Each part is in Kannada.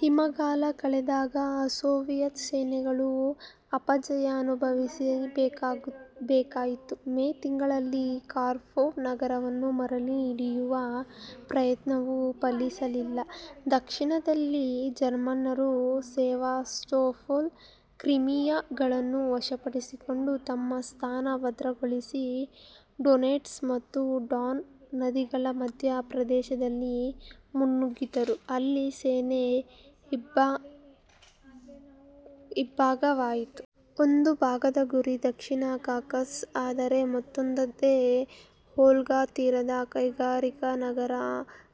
ಹಿಮಗಾಲ ಕಳೆದಾಗ ಸೋವಿಯತ್ ಸೇನೆಗಳು ಅಪಜಯ ಅನುಭವಿಸ ಬೇಕಾಯಿತು. ಮೇ ತಿಂಗಳಲ್ಲಿ ಕಾರ್ಕೊಫ್ ನಗರವನ್ನು ಮರಳಿ ಹಿಡಿಯುವ ಪ್ರಯತ್ನವೂ ಫಲಿಸಲಿಲ್ಲ. ದಕ್ಷಿಣದಲ್ಲಿ ಜರ್ಮನ್ನರು ಸೆವಾಸ್ಟೊಪೋಲ್ ಕ್ರಿಮಿಯಗಳನ್ನು ವಶಪಡಿಸಿಕೊಂಡು, ತಮ್ಮ ಸ್ಥಾನ ಭದ್ರಗೊಳಿಸಿ, ಡೊನೆಟ್ಸ್ ಮತ್ತು ಡಾನ್ ನದಿಗಳ ಮಧ್ಯ ಪ್ರದೇಶದಲ್ಲಿ ಮುನ್ನುಗ್ಗಿದರು. ಅಲ್ಲಿ ಸೇನೆ ಇಬ್ಭಾಗವಾಯಿತು. ಒಂದು ಭಾಗದ ಗುರಿ ದಕ್ಷಿಣ ಕಾಕಸಸ್ ಆದರೆ ಮತ್ತೊಂದಕ್ಕೆ ವೋಲ್ಗಾತೀರದ ಕೈಗಾರಿಕಾನಗರ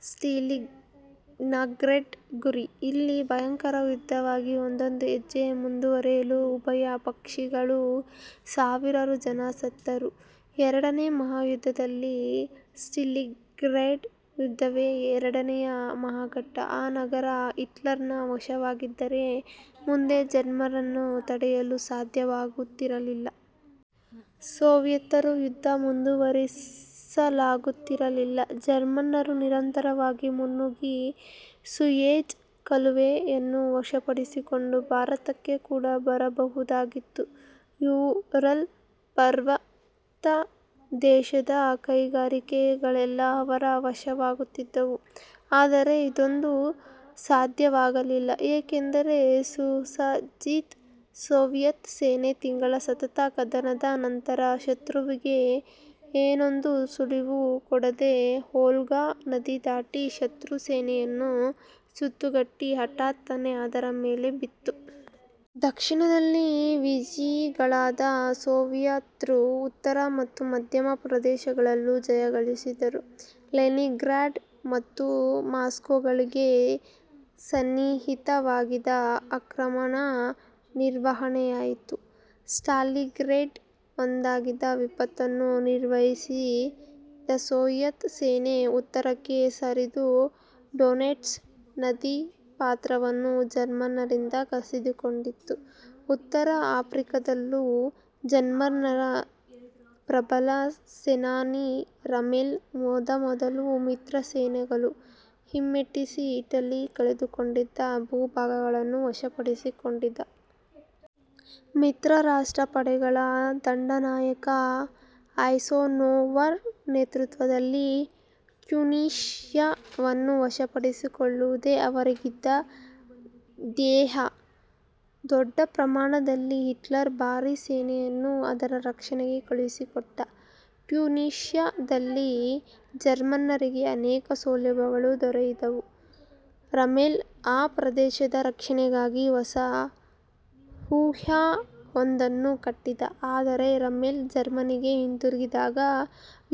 ಸ್ಟಾಲಿನ್ಗ್ರಾಡ್ ಗುರಿ. ಇಲ್ಲಿ ಭಯಂಕರ ಯುದ್ಧವಾಗಿ ಒಂದೊಂದು ಹೆಜ್ಜೆ ಮುಂದುವರಿಯಲೂ ಉಭಯ ಪಕ್ಷಗಳಲ್ಲೂ ಸಾವಿರಾರು ಜನ ಸತ್ತರು. ಎರಡನೆಯ ಮಹಾಯುದ್ಧದಲ್ಲಿ ಸ್ಟಾಲಿನ್ಗ್ರಾಡ್ ಯುದ್ಧವೇ ಎರಡನೆಯ ಮಹಾ ಘಟ್ಟ. ಆ ನಗರ ಹಿಟ್ಲರನ ವಶವಾಗಿದ್ದರೆ ಮುಂದೆ ಜರ್ಮನ್ನರನ್ನು ತಡೆಯಲು ಸಾಧ್ಯವಾಗುತ್ತಿರಲಿಲ್ಲ. ಸೋವಿಯತರು ಯುದ್ಧ ಮುಂದುವರಿಸಲಾಗುತ್ತಿರಲಿಲ್ಲ. ಜರ್ಮನ್ನರು ನಿರಂತರವಾಗಿ ಮುನ್ನುಗ್ಗಿ ಸೂಯೆಜ್ ಕಾಲುವೆ ಯನ್ನು ವಶಪಡಿಸಿಕೊಂಡು ಭಾರತಕ್ಕೆ ಕೂಡ ಬರಬಹುದಾಗಿತ್ತು. ಯೂರಲ್ ಪರ್ವತಪ್ರದೇಶದ ಕೈಗಾರಿಕೆಗಳೆಲ್ಲ ಅವರ ವಶವಾಗುತ್ತಿದ್ದುವು. ಆದರೆ ಇದೊಂದೂ ಸಾಧ್ಯವಾಗಲಿಲ್ಲ. ಏಕೆಂದರೆ ಸುಸಜ್ಜಿತ ಸೋವಿಯತ್ ಸೇನೆ ತಿಂಗಳ ಸತತ ಕದನದ ಅನಂತರ, ಶತ್ರುವಿಗೆ ಏನೊಂದೂ ಸುಳಿವು ಕೊಡದೆ ವೋಲ್ಗಾ ನದಿ ದಾಟಿ, ಶತ್ರು ಸೇನೆಯನ್ನು ಸುತ್ತುಗಟ್ಟಿ ಹಠಾತ್ತನೆ ಅದರ ಮೇಲೆ ಬಿತ್ತು. ದಕ್ಷಿಣದಲ್ಲಿ ವಿಜಯಿಗಳಾದ ಸೋವಿಯತ್ರು ಉತ್ತರ ಮತ್ತು ಮಧ್ಯ ಪ್ರದೇಶಗಳಲ್ಲೂ ಜಯ ಗಳಿಸಿದರು. ಲೆನಿನ್ಗ್ರಾಡ್ ಮತ್ತು ಮಾಸ್ಕೋಗಳಿಗೆ ಸನ್ನಿಹಿತವಾಗಿದ್ದ ಆಕ್ರಮಣ ನಿರ್ವಹಣೆಯಾಯಿತು. ಸ್ಟಾಲಿನ್ಗ್ರಾಡ್ಗೆ ಒಂದಾಗಿದ್ದ ವಿಪತ್ತನ್ನು ನಿರ್ವಹಿಸಿ ಸೋವಿಯತ್ ಸೇನೆ ಉತ್ತರಕ್ಕೆ ಸರಿದು ಡೊನೆಟ್ಸ್ ನದೀಪಾತ್ರವನ್ನು ಜರ್ಮನ್ನರಿಂದ ಕಸಿದುಕೊಂಡಿತು. ಉತ್ತರ ಆಫ್ರಿಕದಲ್ಲೂ ಜರ್ಮನ್ನರ ಪ್ರಬಲ ಸೇನಾನಿ ರಾಮೆಲ್ ಮೊದಮೊದಲು ಮಿತ್ರಸೇನೆಗಳನ್ನು ಹಿಮ್ಮೆಟ್ಟಿಸಿ ಇಟಲಿ ಕಳೆದುಕೊಂಡಿದ್ದ ಭೂಭಾಗಗಳನ್ನು ವಶಪಡಿಸಿಕೊಂಡಿದ್ದ. ಮಿತ್ರರಾಷ್ಟ್ರ ಪಡೆಗಳ ದಂಡನಾಯಕ ಐಸನ್ಹೋವರ್ ನೇತೃತ್ವದಲ್ಲಿ ಟ್ಯುನೀಷಿಯವನ್ನು ವಶಪಡಿಸಿಕೊಳ್ಳುವುದೇ ಅವರಿಗಿದ್ದ ಧ್ಯೇಯ. ದೊಡ್ಡ ಪ್ರಮಾಣದಲ್ಲಿ ಹಿಟ್ಲರ್ ಭಾರೀ ಸೇನೆಯನ್ನು ಅದರ ರಕ್ಷಣೆಗೆ ಕಳುಹಿಸಿಕೊಟ್ಟ. ಟ್ಯುನೀಷಿಯದಲ್ಲಿ ಜರ್ಮನ್ನರಿಗೆ ಅನೇಕ ಸೌಲಭ್ಯಗಳು ದೊರೆತಿದ್ದವು. ರಾಮೆಲ್ ಆ ಪ್ರದೇಶದ ರಕ್ಷಣೆಗಾಗಿ ಹೊಸ ವ್ಯೂಹವೊಂದನ್ನು ಕಟ್ಟಿದ್ದ. ಆದರೆ ರಾಮೆಲ್ ಜರ್ಮನಿಗೆ ಹಿಂತಿರುಗಿದಾಗ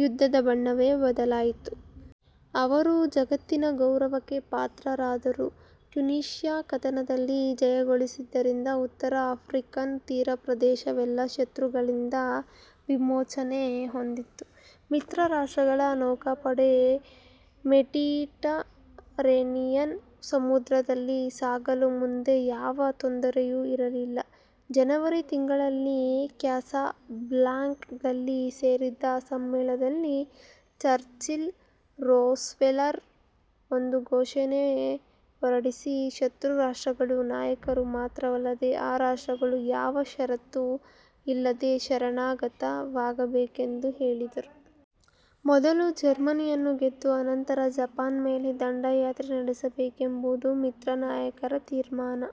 ಯುದ್ಧದ ಬಣ್ಣವೇ ಬದಲಾಯಿತು. ಅವರು ಜಗತ್ತಿನ ಗೌರವಕ್ಕೆ ಪಾತ್ರರಾದರು. ಟ್ಯುನೀಷಿಯ ಕದನದಲ್ಲಿ ಜಯಗಳಿಸಿದ್ದರಿಂದ ಉತ್ತರ ಆಫ್ರಿಕನ್ ತೀರಪ್ರದೇಶವೆಲ್ಲ ಶತ್ರುಗಳಿಂದ ವಿಮೋಚನೆ ಹೊಂದಿತು. ಮಿತ್ರ ರಾಷ್ಟ್ರಗಳ ನೌಕಾಪಡೆ ಮೆಡಿಟರೇನಿಯನ್ ಸಮುದ್ರದಲ್ಲಿ ಸಾಗಲು ಮುಂದೆ ಯಾವ ತೊಂದರೆಯೂ ಇರಲಿಲ್ಲ. ಜನವರಿ ತಿಂಗಳಲ್ಲಿ ಕ್ಯಾಸಬ್ಲಾಂಕದಲ್ಲಿ ಸೇರಿದ್ದ ಸಮ್ಮೇಳನದಲ್ಲಿ ಚರ್ಚಿಲ್-ರೂಸ್ವೆಲ್ಟರು ಒಂದು ಘೋಷಣೆ ಹೊರಡಿಸಿ ಶತ್ರುರಾಷ್ಟ್ರಗಳ ನಾಯಕರು ಮಾತ್ರವಲ್ಲದೆ ಆ ರಾಷ್ಟ್ರಗಳೂ ಯಾವ ಷರತ್ತೂ ಇಲ್ಲದೆ ಶರಣಾಗತವಾಗಬೇಕೆಂದು ಹೇಳಿದ್ದರು. ಮೊದಲು ಜರ್ಮನಿಯನ್ನು ಗೆದ್ದು ಅನಂತರ ಜಪಾನ್ನ ಮೇಲೆ ದಂಡಯಾತ್ರೆ ನಡೆಸಬೇಕೆಂಬುದು ಮಿತ್ರನಾಯಕರ ತೀರ್ಮಾನ